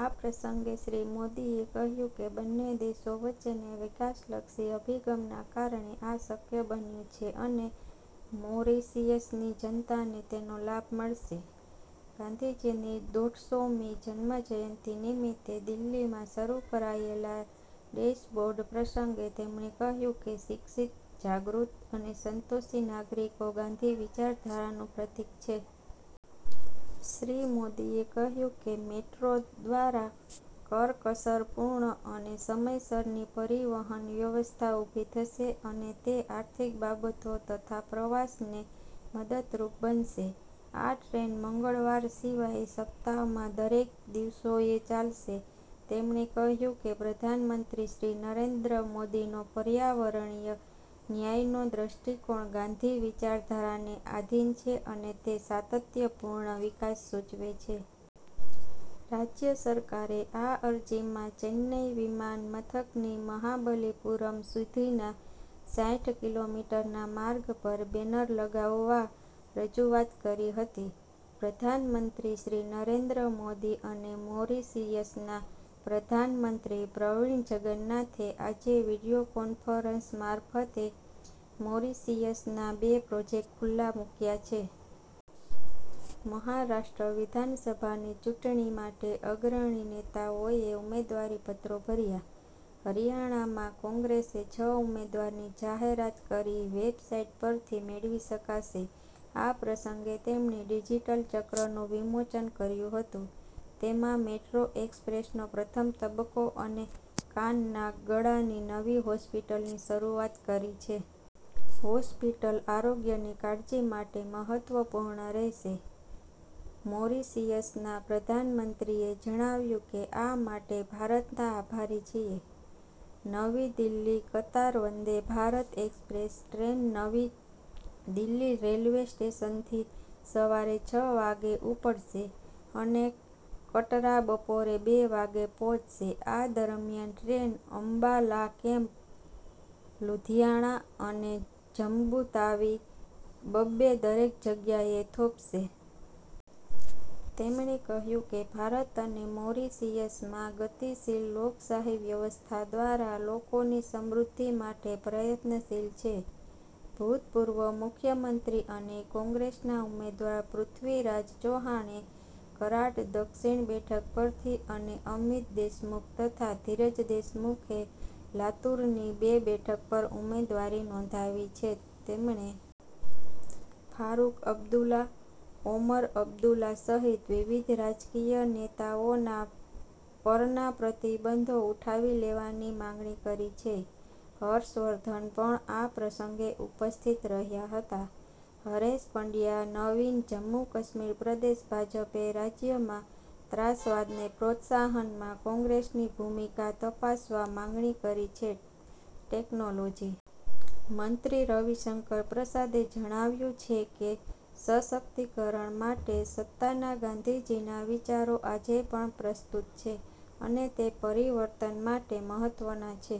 આ પ્રસંગે શ્રી મોદીએ કહ્યું કે બંને દેશો વચ્ચેના વિકાસલક્ષી અભિગમના કારણે આ શક્ય બન્યું છે અને મોરિશિયસની જનતાને તેનો લાભ મળશે. ગાંધીજીની દોઢસોમી જન્મજયંતિ નિમિત્તે દિલ્હીમાં શરૂ કરાયેલા ડેશબોર્ડ પ્રસંગે તેમણે કહ્યું કે શિક્ષિત ,જાગૃત અને સંતોષી નાગરિકો ગાંધી વિચારધારાનું પ્રતિક છે. શ્રી મોદીએ કહ્યું કે મેટ્રો દ્વારા કરકસરપૂર્ણ અને સમયસરની પરિવહન વ્યવસ્થા ઉભી થશે અને તે આર્થિક બાબતો તથા પ્રવાસનને મદદરૂપ બનશે. આ ટ્રેન મંગળવાર સિવાય સપ્તાહમાં દરેક દિવસોએ ચાલશે .તેમણે કહ્યું કે પ્રધાનમંત્રી શ્રી નરેન્દ્ર મોદીનો પર્યાવરણીય ન્યાયનો દ્રષ્ટિકોણ ગાંધી વિચારધારાને આધીન છે અને તે સાતત્યપૂર્ણ વિકાસ સૂચવે છે. રાજ્ય સરકારે આ અરજીમાં ચેન્નાઇ વિમાન મથકથી મહાબલિપુરમ સુધીના સાઈઠ કિલોમીટરના માર્ગ પર બેનર લગાવવા રજુઆત કરી હતી. પ્રધાનમંત્રી શ્રી નરેન્દ્ર મોદી અને મોરિશિયસના પ્રધાનમંત્રી પ્રવિણ જગન્નાથે આજે વીડીયો કોન્ફરન્સ મારફતે મોરિશિયસના બે પ્રોજેક્ટ ખુલ્લા મુક્યા છે. મહારાષ્ટ્ર વિધાનસભાની ચૂંટણી માટે અગ્રણી નેતાઓએ ઉમેદવારીપત્રો ભર્યા .હરિયાણામાં કોંગ્રેસે છ ઉમેદવારની જાહેરાત કરી વેબ સાઇટ પરથી મેળવી શકાશે આ પ્રસંગે તેમણે ડીજીટલ ચક્રનું વિમોચન કર્યું હતું. તેમાં મેટ્રો એકસપ્રેસનો પ્રથમ તબક્કો અને કાનનાકગળાની નવી હોસ્પિટલની શરૂઆત કરી છે. હોસ્પિટલ આરોગ્યની કાળજી માટે મહત્વપૂર્ણ રહેશે. મોરિશિયસના પ્રધાનમંત્રીએ જણાવ્યું કે આ માટે ભારતના આભારી છીએ. નવી દિલ્હી-કતરા વંદે ભારતએક્સપ્રેસ ટ્રેન નવી દિલ્હી રેલવે સ્ટેશનથી સવારે છ વાગે ઉપડશે અને કટરા બપોરે બે વાગે પહોંચશે આ દરમિયાન ટ્રેન અંબાલા કેમ્પ, લુધિયાણા અને જમ્મુતાવી બબ્બે દરેક જગ્યાએ થોભશે. તેમણે કહ્યું કે ભારત અને મોરિશિયસમાં ગતિશીલ લોકશાહી વ્યવસ્થા દ્વારા લોકોની સમૃધ્ધિ માટે પ્રયત્નશીલ છે .ભૂતપૂર્વ મુખ્યમંત્રી અને કોંગ્રેસના ઉમેદવાર પૃથ્વીરાજ ચૌહાણે કરાડ દક્ષિણ બેઠક પરથી અને અમિત દેશમુખ તથા ધીરજ દેશમુખે લાતુરની બે બેઠક પર ઉમેદવારી નોંધાવી છે .તેમણે ફારૂક અબ્દુલ્લા, ઓમર અબ્દુલ્લા સહિત વિવિધ રાજકીય નેતાઓના પરના પ્રતિબંધો ઉઠાવી લેવાની માંગણી કરી છે.હર્ષવર્ધન પણ આ પ્રસંગે ઉપસ્થિત રહ્યા હતા .હરેશ પંડયા નવીન જમ્મુકાશ્મીર પ્રદેશ ભાજપે રાજ્યમાં ત્રાસવાદને પ્રોત્સાહનમાં કોંગ્રેસની ભૂમિકા તપાસવા માંગણી કરી છે .ટેકનોલોજી મંત્રી રવિશંકર પ્રસાદે જણાવ્યું છે કે સશક્તિકરણ માટે સત્તાના ગાંધીજીના વિચારો આજે પણ પ્રસ્તુત છે અને તે પરિવર્તન માટે મહત્વના છે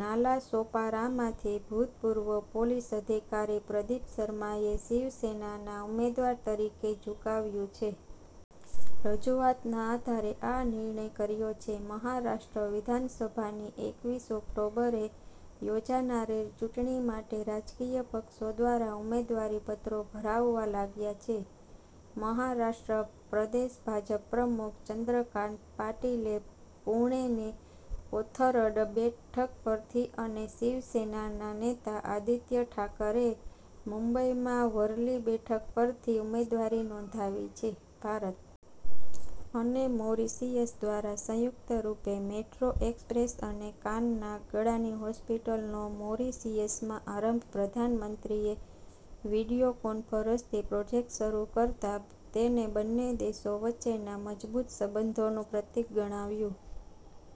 .નાલા સોપારામાંથી ભૂતપૂર્વ પોલીસ અધિકારી પ્રદિપ શર્માએ શિવસેનાના ઉમેદવાર તરીકે ઝુકાવ્યું છે. રજુઆતના આધારે આ નિર્ણય કર્યો છે મહારાષ્ટ્ર વિધાનસભાની એકવીસ ઓક્ટોબરે યોજાનારી ચૂંટણી માટે રાજકીય પક્ષો દ્વારા ઉમેદવારીપત્રો ભરાવા લાગ્યાં છે .મહારાષ્ટ્ર પ્રદેશ ભાજપ પ્રમુખ ચંદ્રકાંત પાટીલે પૂણેની કોથરડ બેઠક પરથી અને શિવસેનાના નેતા આદિત્ય ઠાકરેએ મુંબઇમાં વરલી બેઠક પરથી ઉમેદવારી નોંધાવી છે .ભારત અને મોરિશિયસ દ્વારા સંયુક્ત રૂપે મેટ્રો એક્સપ્રેસ અને કાનનાકગળાની હોસ્પિટલનો મોરિશિયસમાં આરંભ પ્રધાનમંત્રીએ વિડીયો કોન્ફરન્સથી પ્રોજેક્ટ શરૂ કરતાં તેને બંને દેશો વચ્ચેના મજબૂત સંબંધોનું પ્રતિક ગણાવ્યું.